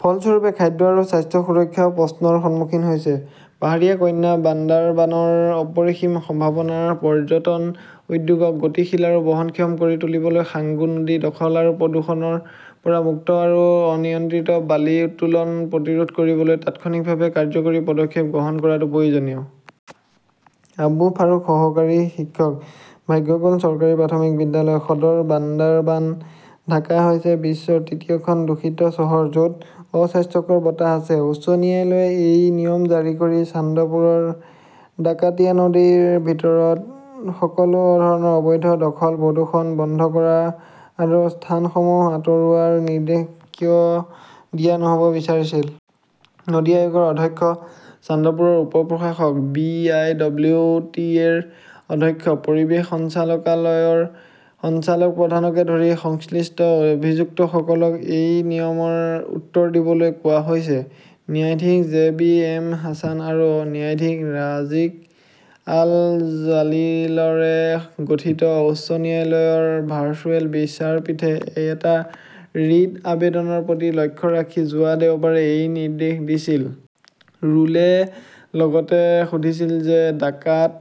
ফলস্বৰূপে, খাদ্য আৰু স্বাস্থ্য সুৰক্ষাও প্ৰশ্নৰ সন্মুখীন হৈছে। পাহাৰীয়া কন্যা বান্দাৰবানৰ অপৰিসীম সম্ভাৱনাৰ পৰ্যটন উদ্যোগক গতিশীল আৰু বহনক্ষম কৰি তুলিবলৈ সাঙ্গু নদী দখল আৰু প্ৰদূষণৰ পৰা মুক্ত আৰু অনিয়ন্ত্ৰিত বালি উত্তোলন প্ৰতিৰোধ কৰিবলৈ তাৎক্ষণিকভাৱে কাৰ্যকৰী পদক্ষেপ গ্ৰহণ কৰাটো প্ৰয়োজনীয়। আবু ফাৰুক সহকাৰী শিক্ষক, ভাগ্যকুল চৰকাৰী প্ৰাথমিক বিদ্যালয়, সদৰ, বান্দাৰবান ঢাকা হৈছে বিশ্বৰ তৃতীয়খন দূষিত চহৰ য 'ত অস্বাস্থ্যকৰ বতাহ আছে। উচ্চ ন্যায়ালয়ে এই নিয়ম জাৰি কৰি চান্দপুৰৰ ডাকাতিয়া নদীৰ ভিতৰৰ সকলো ধৰণৰ অবৈধ দখল, প্ৰদূষণ বন্ধ কৰা আৰু স্থানসমূহ আঁতৰোৱাৰ নিৰ্দেশ কিয় দিয়া নহ'ব বিচাৰিছিল। নদী আয়োগৰ অধ্যক্ষ, চান্দপুৰৰ উপ-প্ৰশাসক, B. I. W. T. A. ৰ অধ্যক্ষ, পৰিৱেশ সঞ্চালকালয়ৰ সঞ্চালক প্ৰধানকে ধৰি সংশ্লিষ্ট অভিযুক্তসকলক এই নিয়মৰ উত্তৰ দিবলৈ কোৱা হৈছে। ন্যায়াধীশ জে বি এম হাছান আৰু ন্যায়াধীশ ৰাজিক আল জালিলৰে গঠিত উচ্চ ন্যায়ালয়ৰ ভাৰ্চুৱেল বিচাৰপীঠে এটা ৰিট আবেদনৰ প্ৰতি লক্ষ্য ৰাখি যোৱা দেওবাৰে এই নিৰ্দেশ দিছিল। ৰুলে লগতে সুধিছিল যে ডাকাত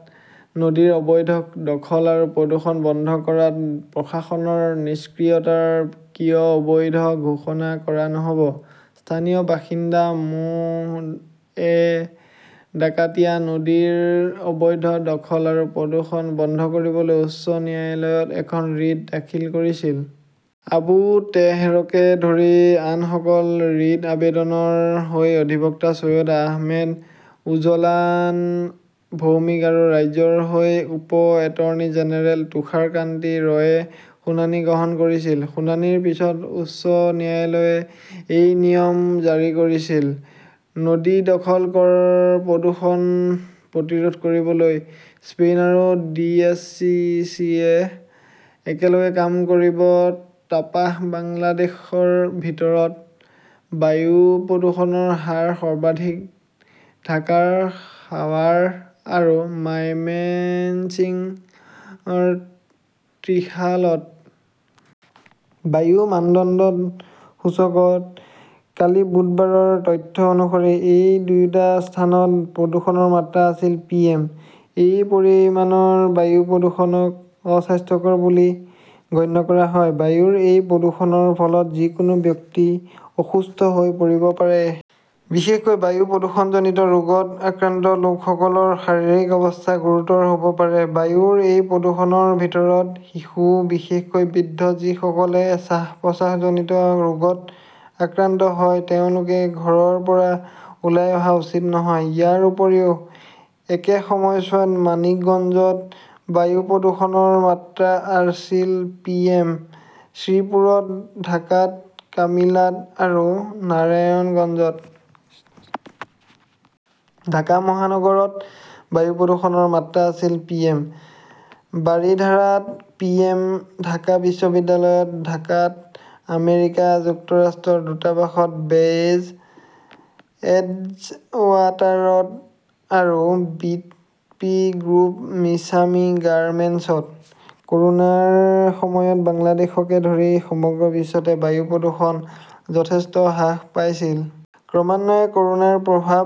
নদীৰ অবৈধ দখল আৰু প্ৰদূষণ বন্ধ কৰাত প্ৰশাসনৰ নিষ্ক্ৰিয়তাৰ কিয় অবৈধ ঘোষণা কৰা নহ 'ব। স্থানীয় বাসিন্দা মো. এ ডাকাতিয়া নদীৰ অবৈধ দখল আৰু প্ৰদূষণ বন্ধ কৰিবলৈ উচ্চ ন্যায়ালয়ত এখন ৰিট দাখিল কৰিছিল। আবু তেহৰকে ধৰি আনসকল। ৰিট আবেদনৰ হৈ অধিবক্তা চৈয়দ আহমেদ, উজলান ভৌমিক আৰু ৰাজ্যৰ হৈ উপ এটৰ্নী জেনেৰেল তুষাৰ কান্তি ৰয়ে শুনানি গ্ৰহণ কৰিছিল। শুনানিৰ পিছত উচ্চ ন্যায়ালয়ে এই নিয়ম জাৰি কৰিছিল। নদী দখল-প্ৰদূষণ প্ৰতিৰোধ কৰিবলৈ স্পেইন আৰু ডিএছচিচিয়ে একেলগে কাম কৰিব তাপাস বাংলাদেশৰ ভিতৰত বায়ু প্ৰদূষণৰ হাৰ সৰ্বাধিক ঢাকাৰ সাৱাৰ আৰু মাইমেন্সিংৰ ত্ৰিশালত। বায়ু মানদণ্ড সূচকত কালি বুধবাৰৰ তথ্য অনুসৰি, এই দুয়োটা স্থানত প্ৰদূষণৰ মাত্ৰা আছিল পি এম। এই পৰিমাণৰ বায়ু প্ৰদূষণক অস্বাস্থ্যকৰ বুলি গণ্য কৰা হয়। বায়ুৰ এই প্ৰদূষণৰ ফলত যিকোনো ব্যক্তি অসুস্থ হৈ পৰিব পাৰে। বিশেষকৈ বায়ু প্ৰদূষণজনিত ৰোগত আক্ৰান্ত লোকসকলৰ শাৰীৰিক অৱস্থা গুৰুতৰ হ'ব পাৰে। বায়ুৰ এই প্ৰদূষণৰ ভিতৰত শিশু, বিশেষকৈ বৃদ্ধ যিসকলে শ্বাস-প্ৰশ্বাসজনিত ৰোগত আক্ৰান্ত হয় তেওঁলোকে ঘৰৰ পৰা ওলাই অহা উচিত নহয়। ইয়াৰ উপৰিও একে সময়ছোৱাত মানিকগঞ্জত বায়ু প্ৰদূষণৰ মাত্ৰা আছিল পিএম, শ্ৰীপুৰত, ঢাকাত, কামিলাত আৰু নাৰায়ণগঞ্জত। ঢাকা মহানগৰত বায়ু প্ৰদূষণৰ মাত্ৰা আছিল পিএম, বাৰিধাৰাত পিএম, ঢাকা বিশ্ববিদ্যালয়ত, ঢাকাত আমেৰিকা যুক্তৰাষ্ট্ৰৰ দূতাবাসত, বে 'জ এডজৱাটাৰত আৰু বিট' পি গ্ৰুপ মিছামি গাৰ্মেণ্টছত। ক'ৰোনাৰ সময়ত বাংলাদেশকে ধৰি সমগ্ৰ বিশ্বতে বায়ু প্ৰদূষণ যথেষ্ট হ্ৰাস পাইছিল। ক্ৰমান্বয়ে ক'ৰোনাৰ প্ৰভাৱ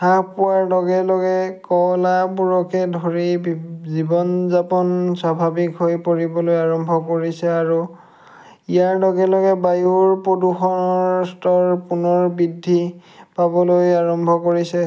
হ্ৰাস পোৱাৰ লগে লগে কলাবোৰকে ধৰি জীৱন-যাপন স্বাভাৱিক হৈ পৰিবলৈ আৰম্ভ কৰিছে আৰু ইয়াৰ লগে লগে বায়ু প্ৰদূষণৰ স্তৰ পুনৰ বৃদ্ধি পাবলৈ আৰম্ভ কৰিছে।